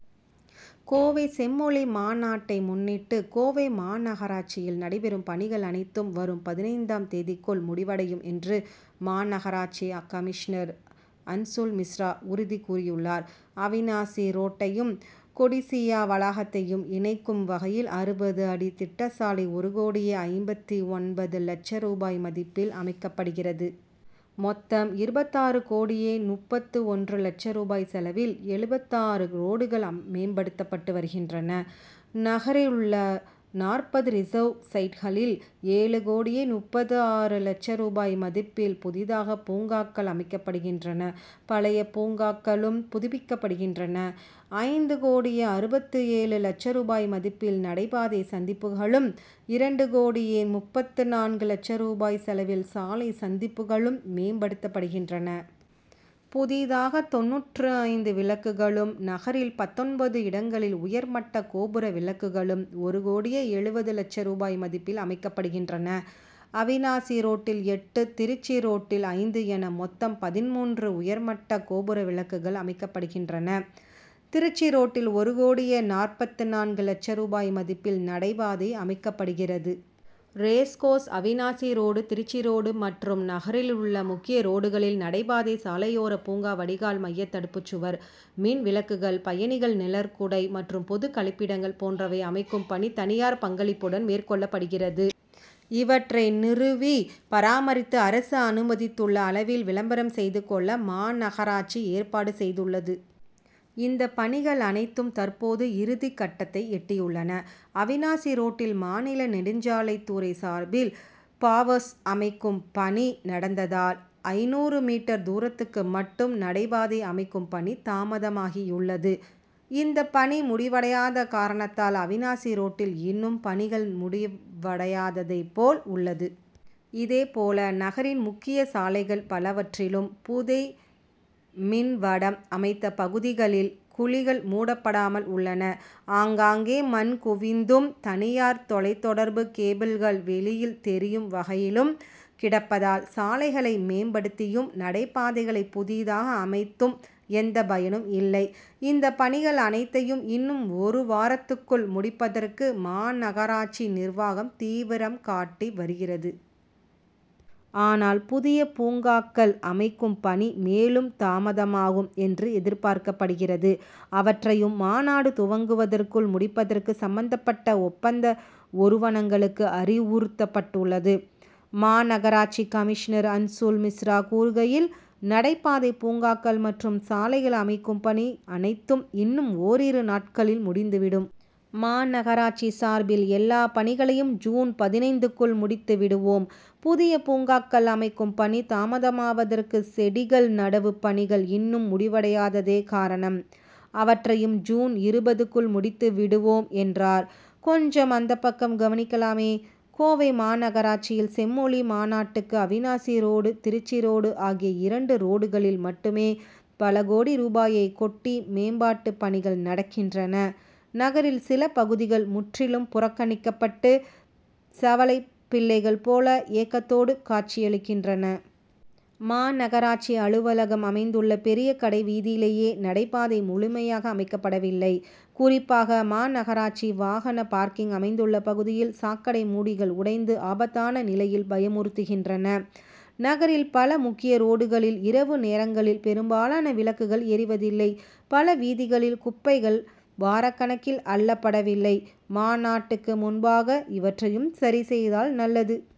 கோவை செம்மொழி மாநாட்டை முன்னிட்டு கோவை மாநகராட்சியில் நடைபெறும் பணிகள் அனைத்தும் வரும் பதினைந்தாம் தேதிக்குள் முடிவடையும் என்று மாநகராட்சி கமிஷனர் அன்சுல் மிஸ்ரா உறுதி கூறியுள்ளார். அவிநாசி ரோட்டையும் கொடிசியா வளாகத்தையும் இணைக்கும் வகையில் அறுபது அடி திட்டச்சாலை ஒரு கோடியே ஐம்பத்து ஒன்பது லட்ச ரூபாய் மதிப்பில் அமைக்கப்படுகிறது. மொத்தம் இருபத்தாறு கோடியே முப்பத்து ஒன்று லட்ச ரூபாய் செலவில் எழுபத்தாறு ரோடுகள் மேம்படுத்தப்பட்டு வருகின்றன. நகரிலுள்ள நாற்பது ரிசர்வ் சைட்களில் ஏழு கோடியே முப்பத்து ஆறு லட்ச ரூபாய் மதிப்பில் புதிதாக பூங்காக்கள் அமைக்கப்படுகின்றன பழைய பூங்காக்களும் புதுப்பிக்கப்படுகின்றன. ஐந்து கோடியே அறுபத்து ஏழு லட்ச ரூபாய் மதிப்பில் நடைபாதை சந்திப்புகளும் இரண்டு கோடியே முப்பத்து நான்கு லட்ச ரூபாய் செலவில் சாலை சந்திப்புகளும் மேம்படுத்தப்படுகின்றன. புதிதாக தொண்ணூற்று ஐந்து விளக்குகளும் நகரில் பத்தொன்பது இடங்களில் உயர் மட்ட கோபுர விளக்குகளும் ஒரு கோடியே எழுபது லட்ச ரூபாய் மதிப்பில் அமைக்கப்படுகின்றன. அவிநாசி ரோட்டில் எட்டு திருச்சி ரோட்டில் ஐந்து என மொத்தம் பதின்மூன்று உயர் மட்ட கோபுர விளக்குகள் அமைக்கப்படுகின்றன. திருச்சி ரோட்டில் ஒரு கோடியே நாற்பத்து நான்கு லட்ச ரூபாய் மதிப்பில் நடைபாதை அமைக்கப்படுகிறது. Racecourse Avinashi road Trichy road மற்றும் நகரிலுள்ள முக்கிய ரோடுகளில் நடைபாதை சாலையோரப் பூங்கா வடிகால் மையத் தடுப்புச்சுவர் மின் விளக்குகள் பயணிகள் நிழற்குடை மற்றும் பொது கழிப்பிடங்கள் போன்றவை அமைக்கும் பணி தனியார் பங்களிப்புடன் மேற்கொள்ளப்படுகிறது. இவற்றை நிறுவி பராமரித்து அரசு அனுமதித்துள்ள அளவில் விளம்பரம் செய்து கொள்ள மாநகராட்சி ஏற்பாடு செய்துள்ளது. இந்த பணிகள் அனைத்தும் தற்போது இறுதிக்கட்டத்தை எட்டியுள்ளன. அவிநாசி ரோட்டில் மாநில நெடுஞ்சாலைத்துறை சார்பில் பாவர்ஸ் அமைக்கும் பணி நடந்ததால் ஐந்நூறு மீட்டர் தூரத்துக்கு மட்டும் நடைபாதை அமைக்கும் பணி தாமதமாகியுள்ளது. இந்தப் பணி முடிவடையாத காரணத்தால் அவிநாசி ரோட்டில் இன்னும் பணிகள் முடிவடையாததைப் போல் உள்ளது. இதேபோல நகரின் முக்கியச் சாலைகள் பலவற்றிலும் பூதை மின் வடம் அமைத்த பகுதிகளில் குழிகள் மூடப்படாமல் உள்ளன. ஆங்காங்கே மண் குவிந்தும் தனியார் தொலைத் தொடர்பு கேபிள்கள் வெளியில் தெரியும் வகையிலும் கிடப்பதால் சாலைகளை மேம்படுத்தியும் நடைபாதைகளை புதிதாக அமைத்தும் எந்த பயனும் இல்லை. இந்த பணிகள் அனைத்தையும் இன்னும் ஒரு வாரத்துக்குள் முடிப்பதற்கு மாநகராட்சி நிர்வாகம் தீவிரம் காட்டி வருகிறது. ஆனால் புதிய பூங்காக்கள் அமைக்கும் பணி மேலும் தாமதமாகும் என்று எதிர்பார்க்கப்படுகிறது. அவற்றையும் மாநாடு துவங்குவதற்குள் முடிப்பதற்கு சம்மந்தப்பட்ட ஒப்பந்த ஒறுவனங்களுக்கு அறிவுறுத்தப்பட்டுள்ளது. மாநகராட்சி கமிஷனர் அன்சுல் மிஸ்ரா கூறுகையில் நடைபாதை பூங்காக்கள் மற்றும் சாலைகள் அமைக்கும் பணி அனைத்தும் இன்னும் ஓரிரு நாட்களில் முடிந்து விடும். மாநகராட்சி சார்பில் எல்லாப் பணிகளையும் ஜூன் பதினைந்துக்குள் முடித்து விடுவோம். புதிய பூங்காக்கள் அமைக்கும் பணி தாமதமாவதற்கு செடிகள் நடவுப்பணிகள் இன்னும் முடிவடையாததே காரணம். அவற்றையும் ஜூன் இருபதுக்குள் முடித்து விடுவோம் என்றார். கொஞ்சம் அந்தப்பக்கம் கவனிக்கலாமே! கோவை மாநகராட்சியில் செம்மொழி மாநாட்டுக்கு அவிநாசி ரோடு திருச்சி ரோடு ஆகிய இரண்டு ரோடுகளில் மட்டுமே பல கோடி ரூபாயைக்கொட்டி மேம்பாட்டுப் பணிகள் நடக்கின்றன நகரில் சில பகுதிகள் முற்றிலும் புறக்கணிக்கப்பட்டு சவலைப் பிள்ளைகள் போல ஏக்கத்தோடு காட்சியளிக்கின்றன. மாநகராட்சி அலுவலகம் அமைந்துள்ள பெரிய கடை வீதியிலேயே நடைபாதை முழுமையாக அமைக்கப்படவில்லை. குறிப்பாக மாநகராட்சி வாகன பார்க்கிங் அமைந்துள்ள பகுதியில் சாக்கடை மூடிகள் உடைந்து ஆபத்தான நிலையில் பயமுறுத்துகின்றன. நகரில் பல முக்கிய ரோடுகளில் இரவு நேரங்களில் பெரும்பாலான விளக்குகள் எரிவதில்லை. பல வீதிகளில் குப்பைகள் வாரக்கணக்கில் அள்ளப்படவில்லை. மாநாட்டுக்கு முன்பாக இவற்றையும் சரி செய்தால் நல்லது.